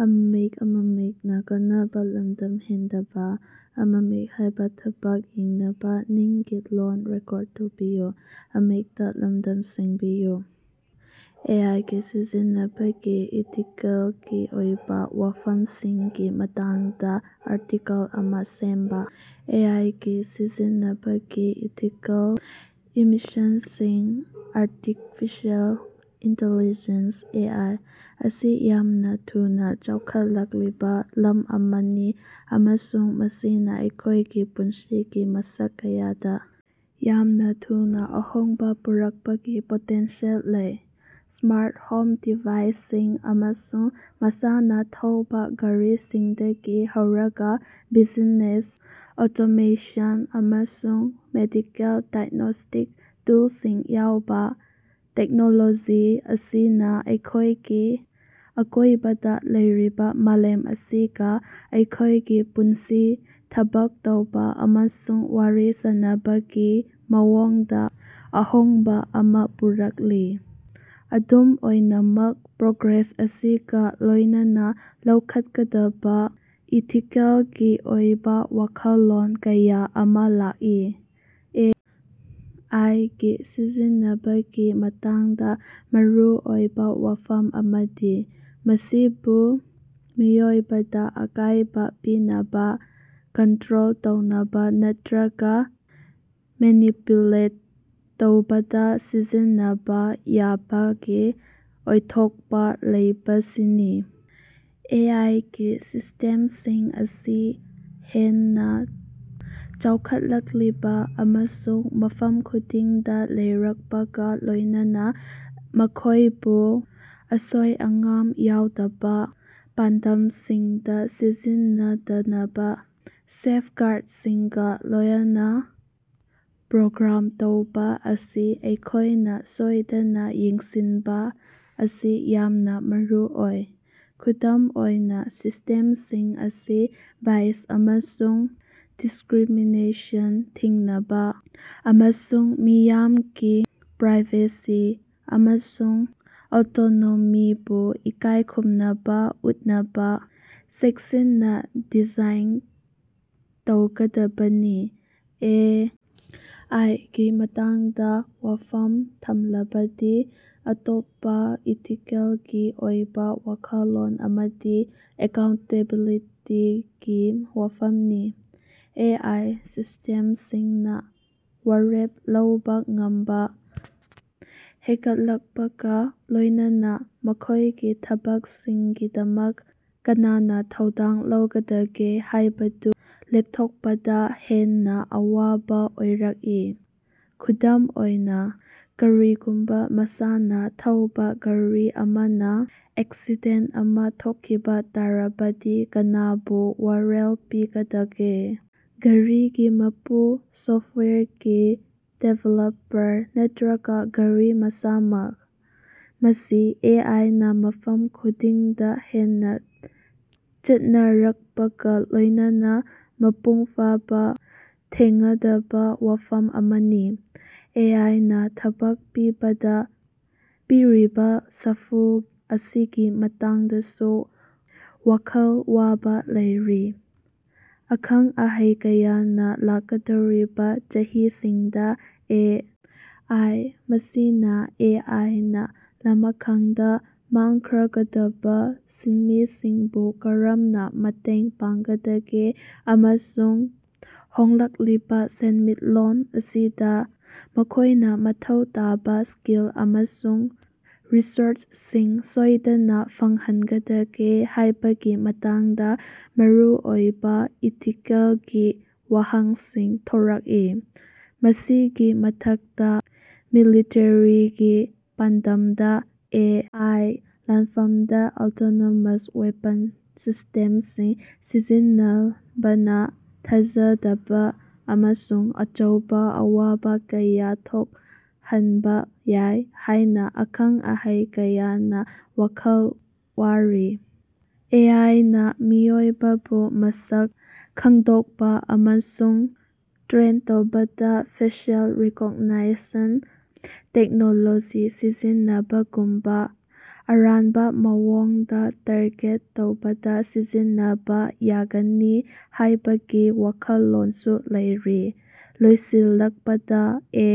ꯑꯦ. I. ꯒꯤ ꯁꯤꯖꯤꯟꯅꯕꯒꯤ ꯏꯊꯤꯀꯦꯜꯒꯤ ꯑꯣꯏꯕꯥ ꯋꯥꯐꯝꯁꯤꯡꯒꯤ ꯃꯇꯥꯡꯗꯥ ꯑꯥꯔꯇꯤꯀꯜ ꯑꯃꯥ ꯁꯦꯝꯕꯥ꯫ ꯑꯦ. ꯑꯥꯏ. ꯒꯤ ꯁꯤꯖꯤꯟꯅꯕꯒꯤ ꯏꯊꯤꯀꯦꯜ ꯏꯝꯃꯤꯁꯟꯁꯤꯡ ꯑꯥꯔꯇꯤꯐꯤꯁꯤꯑꯦꯜ ꯏꯟꯇꯤꯂꯤꯖꯦꯟꯁ (ꯑꯦ. ꯑꯥꯏ.) ꯑꯁꯤ ꯌꯥꯝꯅꯥ ꯊꯨꯅꯥ ꯆꯥꯎꯈꯠꯂꯛꯂꯤꯕꯥ ꯂꯝ ꯑꯃꯅꯤ ꯑꯃꯁꯨꯡ ꯃꯁꯤꯅꯥ ꯑꯩꯈꯣꯏꯒꯤ ꯄꯨꯟꯁꯤꯒꯤ ꯃꯁꯛ ꯀꯌꯥꯗꯥ ꯌꯥꯝꯅꯥ ꯊꯨꯅꯥ ꯑꯍꯣꯡꯕꯥ ꯄꯨꯔꯛꯄꯒꯤ ꯄꯣꯇꯦꯟꯁꯤꯌꯦꯜ ꯂꯩ꯫ ꯁ꯭ꯃꯥꯔꯠ ꯍꯣꯝ ꯗꯤꯚꯥꯏꯟꯁꯤꯡ ꯑꯃꯁꯨꯡ ꯃꯁꯥꯅ ꯊꯧꯕꯥ ꯒꯥꯔꯤꯁꯤꯡꯗꯒꯤ ꯍꯧꯔꯒꯥ ꯕꯤꯖꯤꯅꯦꯁ ꯑꯣꯇꯣꯃꯦꯁꯟ ꯑꯃꯁꯨꯡ ꯃꯦꯗꯤꯀꯦꯜ ꯗꯥꯏꯒ꯭ꯅꯣꯁ꯭ꯇꯤꯛ ꯇꯨꯜꯁꯤꯡ ꯌꯎꯕꯥ, ꯇꯦꯛꯅꯣꯂꯣꯖꯤ ꯑꯁꯤꯅꯥ ꯑꯩꯈꯣꯏꯒꯤ ꯑꯀꯣꯏꯕꯗꯥ ꯂꯩꯔꯤꯕꯥ ꯃꯥꯂꯦꯝ ꯑꯁꯤꯒꯥ ꯑꯩꯈꯣꯏꯒꯤ ꯄꯨꯟꯁꯤ, ꯊꯕꯛ ꯇꯧꯕꯥ ꯑꯃꯁꯨꯡ ꯋꯥꯔꯤ ꯁꯥꯅꯕꯒꯤ ꯃꯑꯣꯡꯗꯥ ꯑꯍꯣꯡꯕꯥ ꯑꯃꯥ ꯄꯨꯔꯛꯂꯤ꯫ ꯑꯗꯨꯝ ꯑꯣꯏꯅꯃꯛ, ꯄ꯭ꯔꯣꯒ꯭ꯔꯦꯁ ꯑꯁꯤꯒꯥ ꯂꯣꯏꯅꯅꯥ ꯂꯧꯈꯠꯀꯗꯕꯥ ꯏꯊꯤꯀꯦꯜꯒꯤ ꯑꯣꯏꯕꯥ ꯋꯥꯈꯜꯂꯣꯟ ꯀꯌꯥ ꯑꯃꯥ ꯂꯥꯛꯏ꯫ ꯑꯦ. ꯑꯥꯏ. ꯒꯤ ꯁꯤꯖꯤꯟꯅꯕꯒꯤ ꯃꯇꯥꯡꯗꯥ ꯃꯔꯨꯑꯣꯏꯕꯥ ꯋꯥꯐꯝ ꯑꯃꯗꯤ ꯃꯁꯤꯕꯨ ꯃꯤꯑꯣꯏꯕꯗꯥ ꯑꯀꯥꯏꯕꯥ ꯄꯤꯅꯕꯥ, ꯀꯟꯇꯔꯣꯜ ꯇꯧꯅꯕꯥ ꯅꯠꯇꯔꯒꯥ ꯃꯦꯅꯤꯄꯨꯂꯦꯠ ꯇꯧꯕꯗꯥ ꯁꯤꯖꯤꯟꯅꯕꯥ ꯌꯥꯕꯒꯤ ꯑꯣꯏꯊꯣꯛꯄꯥ ꯂꯩꯕꯁꯤꯅꯤ꯫ ꯑꯦ. ꯑꯥꯏ. ꯒꯤ ꯁꯤꯁ꯭ꯇꯦꯝꯁꯤꯡ ꯑꯁꯤ ꯍꯦꯟꯅꯥ ꯆꯥꯎꯈꯠꯂꯛꯂꯤꯕꯥ ꯑꯃꯁꯨꯡ ꯃꯐꯝ ꯈꯨꯗꯤꯡꯗꯥ ꯂꯩꯔꯛꯄꯒꯥ ꯂꯣꯏꯅꯅꯥ, ꯃꯈꯣꯏꯕꯨ ꯑꯁꯣꯏ-ꯑꯉꯥꯝ ꯌꯥꯎꯗꯕꯥ ꯄꯥꯟꯗꯝꯁꯤꯡꯗꯥ ꯁꯤꯖꯤꯟꯅꯗꯅꯕꯥ ꯁꯦꯐꯒꯥꯔꯗꯁꯤꯡꯒꯥ ꯂꯣꯌꯏꯅꯥ ꯄ꯭ꯔꯣꯒ꯭ꯔꯥꯝ ꯇꯧꯕꯥ ꯑꯁꯤ ꯑꯩꯈꯣꯏꯅꯥ ꯁꯣꯏꯗꯅꯥ ꯌꯦꯡꯁꯤꯟꯕꯥ ꯑꯁꯤ ꯌꯥꯝꯅꯥ ꯃꯔꯨꯑꯣꯏ꯫ ꯈꯨꯗꯝ ꯑꯣꯏꯅꯥ, ꯁꯤꯁ꯭ꯇꯦꯝꯁꯤꯡ ꯑꯁꯤ ꯕꯥꯏꯁ ꯑꯃꯁꯨꯡ ꯗꯤꯁꯀꯔꯤꯃꯤꯅꯦꯁꯟ ꯊꯤꯡꯅꯕꯥ, ꯑꯃꯁꯨꯡ ꯃꯤꯌꯥꯝꯒꯤ ꯄ꯭ꯔꯥꯏꯚꯦꯁꯤ ꯑꯃꯁꯨꯡ ꯑꯣꯇꯣꯅꯣꯃꯤꯕꯨ ꯏꯀꯥꯏꯈꯨꯝꯅꯕꯥ ꯎꯠꯅꯕꯥ ꯆꯦꯛꯁꯤꯟꯅꯥ ꯗꯤꯖꯥꯏꯟ ꯇꯧꯒꯗꯕꯅꯤ꯫ ꯑꯦ. ꯑꯥꯏ. ꯒꯤ ꯃꯇꯥꯡꯗꯥ ꯋꯥꯐꯝ ꯊꯝꯂꯕꯗꯤ ꯑꯇꯣꯞꯄꯥ ꯏꯊꯤꯀꯦꯜꯒꯤ ꯑꯣꯏꯕꯥ ꯋꯥꯈꯜꯂꯣꯟ ꯑꯃꯗꯤ ꯑꯦꯀꯥꯎꯟꯇꯦꯕꯤꯂꯤꯇꯤꯒꯤ ꯋꯥꯐꯝꯅꯤ꯫ ꯑꯦ. ꯑꯥꯏ. ꯁꯤꯁ꯭ꯇꯦꯝꯁꯤꯡꯅꯥ ꯋꯥꯔꯦꯞ ꯂꯧꯕꯥ ꯉꯝꯕꯥ ꯍꯦꯒꯠꯂꯛꯄꯒꯥ ꯂꯣꯏꯅꯅꯥ ꯃꯈꯣꯏꯒꯤ ꯊꯕꯛꯁꯤꯡꯒꯤꯗꯃꯛ ꯀꯅꯅꯥ ꯊꯧꯗꯥꯡ ꯂꯧꯒꯗꯒꯦ ꯍꯥꯏꯕꯗꯨ ꯂꯦꯞꯊꯣꯛꯄꯗꯥ ꯍꯦꯟꯅꯥ ꯑꯋꯥꯕꯥ ꯑꯣꯏꯔꯛꯏ꯫ ꯈꯨꯗꯝ ꯑꯣꯏꯅꯥ, ꯀꯔꯤꯒꯨꯝꯕꯥ ꯃꯁꯥꯅ ꯊꯧꯕꯥ ꯒꯥꯔꯤ ꯑꯃꯅꯥ ꯑꯦꯛꯁꯤꯗꯦꯟ ꯑꯃꯥ ꯊꯣꯈꯤꯕꯥ ꯇꯥꯔꯕꯗꯤ ꯀꯅꯥꯕꯨ ꯋꯥꯌꯦꯜ ꯄꯤꯒꯗꯒꯦ? ꯒꯥꯔꯤꯒꯤ ꯃꯄꯨ, ꯁꯣꯐꯋꯦꯌꯔꯒꯤ ꯗꯤꯕꯦꯂꯄꯔ ꯅꯠꯇꯔꯒꯥ ꯒꯥꯔꯤ ꯃꯁꯥꯃꯛ? ꯃꯁꯤ ꯑꯦ. ꯑꯥꯏ. ꯅꯥ ꯃꯐꯝ ꯈꯨꯗꯤꯡꯗꯥ ꯍꯦꯟꯅꯥ ꯆꯠꯅꯔꯛꯄꯒꯥ ꯂꯣꯏꯅꯅꯥ ꯃꯄꯨꯡ ꯐꯥꯅꯥ ꯊꯦꯡꯉꯗꯕꯥ ꯋꯥꯐꯝ ꯑꯃꯅꯤ꯫ ꯑꯦ. ꯑꯥꯏ. ꯅꯥ ꯊꯕꯛ ꯄꯤꯕꯗꯥ ꯄꯤꯔꯤꯕꯥ ꯁꯥꯐꯨ ꯑꯁꯤꯒꯤ ꯃꯇꯥꯡꯗꯁꯨ ꯋꯥꯈꯜ ꯋꯥꯕꯥ ꯂꯩꯔꯤ꯫ ꯑꯈꯪ -ꯑꯍꯩ ꯀꯌꯥꯅ ꯂꯥꯛꯀꯗꯧꯔꯤꯕꯥ ꯆꯍꯤꯁꯤꯡꯗꯥ ꯑꯦ. ꯑꯥꯏ. ꯃꯁꯤꯅꯥ ꯑꯦ. ꯑꯥꯏ. ꯅꯥ ꯂꯃꯈꯥꯡꯗ ꯃꯪꯈꯔꯒꯗꯕꯥ ꯁꯤꯟꯃꯤꯁꯤꯡꯕꯨ ꯀꯔꯝꯅꯥ ꯃꯇꯦꯡ ꯄꯥꯡꯒꯗꯒꯦ ꯑꯃꯁꯨꯡ ꯍꯣꯡꯂꯛꯂꯤꯕ ꯁꯦꯟꯃꯤꯠꯂꯣꯟ ꯑꯁꯤꯗꯥ ꯃꯈꯣꯏꯅꯥ ꯃꯊꯧ ꯇꯥꯕꯥ ꯁ꯭ꯀꯤꯜ ꯑꯃꯁꯨꯡ ꯔꯤꯁꯣꯔꯁꯁꯤꯡ ꯁꯣꯏꯗꯅꯥ ꯐꯪꯍꯟꯒꯗꯒꯦ ꯍꯥꯏꯕꯒꯤ ꯃꯇꯥꯡꯗ ꯃꯔꯨꯑꯣꯏꯕꯥ ꯏꯊꯤꯀꯦꯜꯒꯤ ꯋꯥꯍꯪꯁꯤꯡ ꯊꯣꯔꯛꯏ꯫ ꯃꯁꯤꯒꯤ ꯃꯊꯛꯇꯥ, ꯃꯤꯂꯤꯇꯔꯤꯒꯤ ꯄꯥꯟꯗꯝꯗꯥ ꯑꯦ. ꯑꯥꯏ. ꯂꯥꯟꯐꯝꯗꯥ ꯑꯣꯇꯣꯅꯣꯃꯁ ꯋꯦꯄꯟ ꯁꯤꯁ꯭ꯇꯦꯝꯁꯤꯡ ꯁꯤꯖꯤꯟꯅꯕꯅꯥ ꯊꯥꯖꯗꯕꯥ ꯑꯃꯁꯨꯡ ꯑꯆꯧꯕꯥ ꯑꯋꯥꯕꯥ ꯀꯌꯥ ꯊꯣꯛꯍꯟꯕꯥ ꯌꯥꯏ ꯍꯥꯏꯅꯥ ꯑꯈꯪ-ꯑꯍꯩ ꯀꯌꯥꯅ ꯋꯥꯈꯜ ꯋꯥꯔꯤ꯫ ꯑꯦ. ꯑꯥꯏ. ꯅꯥ ꯃꯤꯑꯣꯏꯕꯕꯨ ꯃꯁꯛ ꯈꯪꯗꯣꯛꯄꯥ ꯑꯃꯁꯨꯡ ꯇ꯭ꯔꯦꯟ ꯇꯧꯕꯗꯥ ꯐꯦꯁꯤꯑꯦꯜ ꯔꯤꯀꯣꯛꯒꯅꯥꯏꯁꯟ ꯇꯦꯛꯅꯣꯂꯣꯖꯤ ꯁꯤꯖꯤꯟꯅꯕꯒꯨꯝꯕꯥ ꯑꯔꯥꯟꯕꯥ ꯃꯑꯣꯡꯗꯥ ꯇꯥꯔꯒꯦꯠ ꯇꯧꯕꯗꯥ ꯁꯤꯖꯤꯟꯅꯕꯥ ꯌꯥꯒꯅꯤ ꯍꯥꯏꯕꯒꯤ ꯋꯥꯈꯜꯂꯣꯟꯁꯨ ꯂꯩꯔꯤ꯫ ꯂꯣꯏꯁꯤꯜꯂꯛꯄꯗꯥ, ꯑꯦ꯫